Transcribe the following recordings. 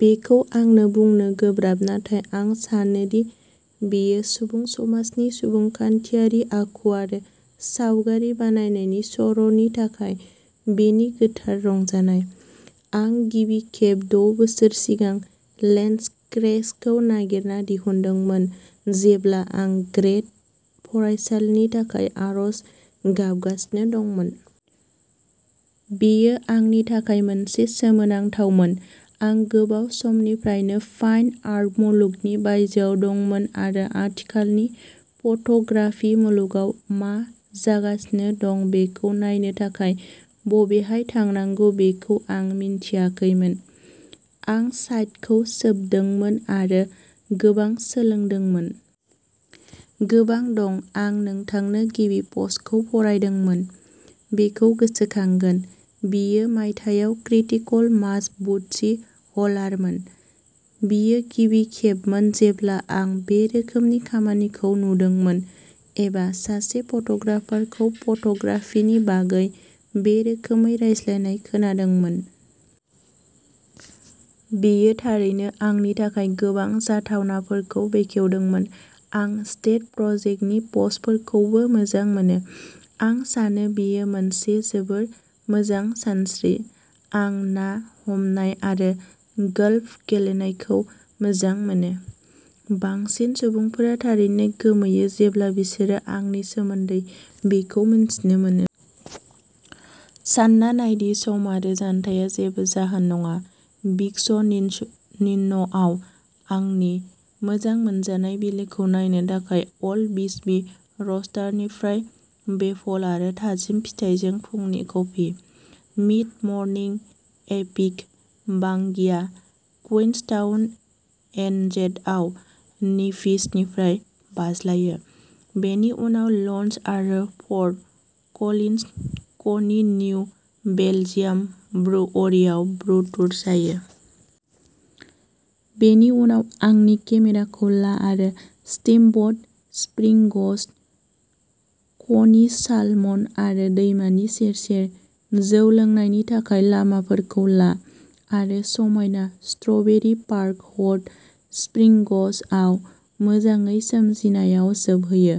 बेखौ आंनो बुंनो गोब्राब नाथाय आं सानो दि बेयो सुबुं समाजनि सुबुंखान्थियारि आखु आरो सावगारि बानायनायनि सर'नि थाखाय बेनि गोथार रंजानाय। आं गिबि खेब द' बोसोर सिगां लेन्सक्रेचखौ नागिरना दिहुनदोंमोन जेब्ला आं ग्रेद फरायसालिनि थाखाय आर'ज गाबगासिनो दंमोन। बेयो आंनि थाखाय मोनसे सोमोनांथावमोन। आं गोबाव समनिफ्रायनो फाइन आर्ट मुलुगनि बायजोआव दंमोन आरो आथिखालनि फट'ग्राफि मुलुगाव मा जागासिनो दं बेखौ नायनो थाखाय बबेहाय थांनांगौ बेखौ आं मिन्थियाखैमोन। आं साइटखौ सोबदोंमोन आरो गोबां सोलोंदोंमोन। गोबां दं आं नोंथांनो गिबि पस्टखौ फरायदोंमोन बेखौ गोसोखांगोन। बेयो मायथाइयाव क्रिटिकल मास बुटसि हलारमोन। बेयो गिबि खेबमोन जेब्ला आं बे रोखोमनि खामानिखौ नुदोंमोन एबा सासे फट'ग्राफारखौ फट'ग्राफिनि बागै बे रोखोमै रायज्लायनाय खोनादोंमोन। बेयो थारैनो आंनि थाखाय गोबां जाथावनाफोरखौ बेखेवदोंमोन। आं स्टेट्स प्रजेक्टनि पस्टफोरखौबो मोजां मोनो। आं सानो बेयो मोनसे जोबोद मोजां सानस्रि। आं ना हमनाय आरो गल्फ गेलेनायखौ मोजां मोनो। बांसिन सुबुंफोरा थारैनो गोमोयो जेब्ला बिसोर आंनि सोमोन्दै बेखौ मिथिनो मोनो। सानना नाय दि सम आरो जानथाया जेबो जाहोन नङा विस्कन्सिनआव आंनि मोजां मोनजानाय बिलोखौ नायनो थाखाय अल्ड बिस्बी रस्टार्सनिफ्राय वेफल आरो थाजिम फिथाइजों फुंनि कफि। मिड-मर्निं एपिक बांगिआ क्वीन्सटाउन, एनजेडआव नेभिसनिफ्राय बाज्लायो। बिनि उनाव लञ्च आरो फर्ट कलिन्स, क'नि निउ बेलजियाम ब्रुअरीआव ब्रु टुर जायो। बेनि उनाव आंनि केमेराखौ ला आरो स्टीमब'ट स्प्रिंग्स, क'नि सालमन आरो दैमानि सेर-सेर जौ लोंनायनि थाखाय लामाफोरखौ ला। आरो समायना स्ट्रबेरी पार्क हट स्प्रिंग्सआव मोजाङै सोमजिनायाव जोबहैयो।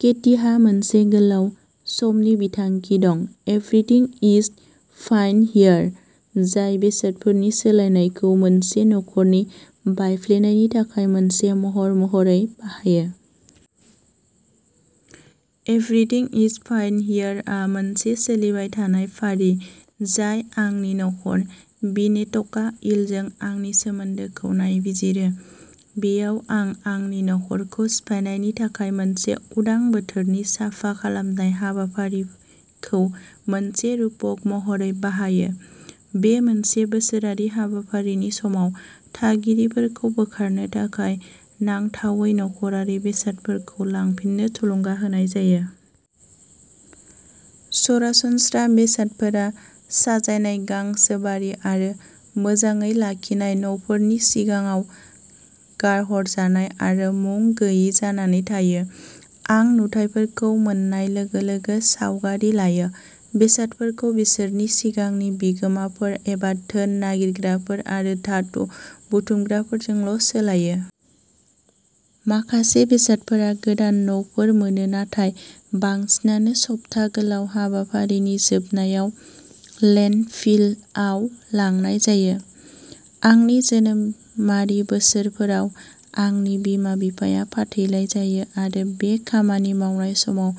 केटीहा मोनसे गोलाव समनि बिथांखि दं, एभ्रिथिं इज फाइन हियर, जाय बेसादफोरनि सोलायनायखौ मोनसे नखरनि बायफ्लेनायनि थाखाय मोनसे महर महरै बाहायो। एभ्रिथिं इज फाइन हियरआ मोनसे सोलिबाय थानाय फारि जाय आंनि न'खर, विनेटका, इलजों आंनि सोमोन्दोखौ नायबिजिरो। बेयाव। आं आंनि नख'रखौ सिफायनायनि थाखाय मोनसे उदां बोथोरनि साफा खालामनाय हाबाफारिखौ मोनसे रुपक महरै बाहायो। बे मोनसे बोसोरारि हाबाफारिनि समाव, थागिरिफोरखौ बोखारनो थाखाय नांथावै नख'रारि बेसादफोरखौ लांफिननो थुलुंगा होनाय जायो। सरासनस्रा बेसादफोरा साजायनाय गांसोबारि आरो मोजाङै लाखिनाय न'फोरनि सिगाङाव गारहरजानाय आरो मुं गोयि जानानै थायो। आं नुथाइफोरखौ मोन्नाय लोगो लोगो सावगारि लायो। बेसादफोरखौ बिसोरनि सिगांनि बिगोमाफोर एबा धोन नागिरग्राफोर आरो धातु बुथुमग्राफोरजोंल' सोलायो। माखासे बेसादफोरा गोदान न'फोर मोनो नाथाय बांसिनानो सप्ता गोलाव हाबाफारिनि जोबनायाव लेन्डफिलआव लांनाय जायो। आंनि जोनोमारि बोसोरफोराव, आंनि बिमा-बिफाया फाथैलाइ जायो आरो बे खामानि मावनाय समाव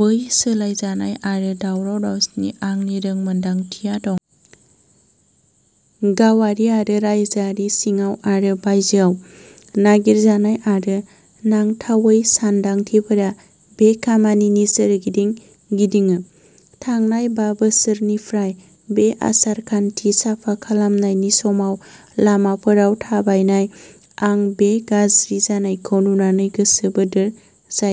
बै सोलायजानाय आरो दावराव-दावसिनि आंनि रोंमोनदांथिया दं। गावारि आरो रायजोआरि, सिङाव आरो बायजोआव, नागिरजानाय आरो नांथावै सानदांथिफोरा बे खामानिनि सोरगिदिं गिदिङो। थांनाय बा बोसोरनिफ्राय बे आसार-खान्थि साफा खालामनायनि समाव लामाफोराव थाबायनाय, आं बे गाज्रि जानायखौ नुनानै गोसो बोदोर जायो।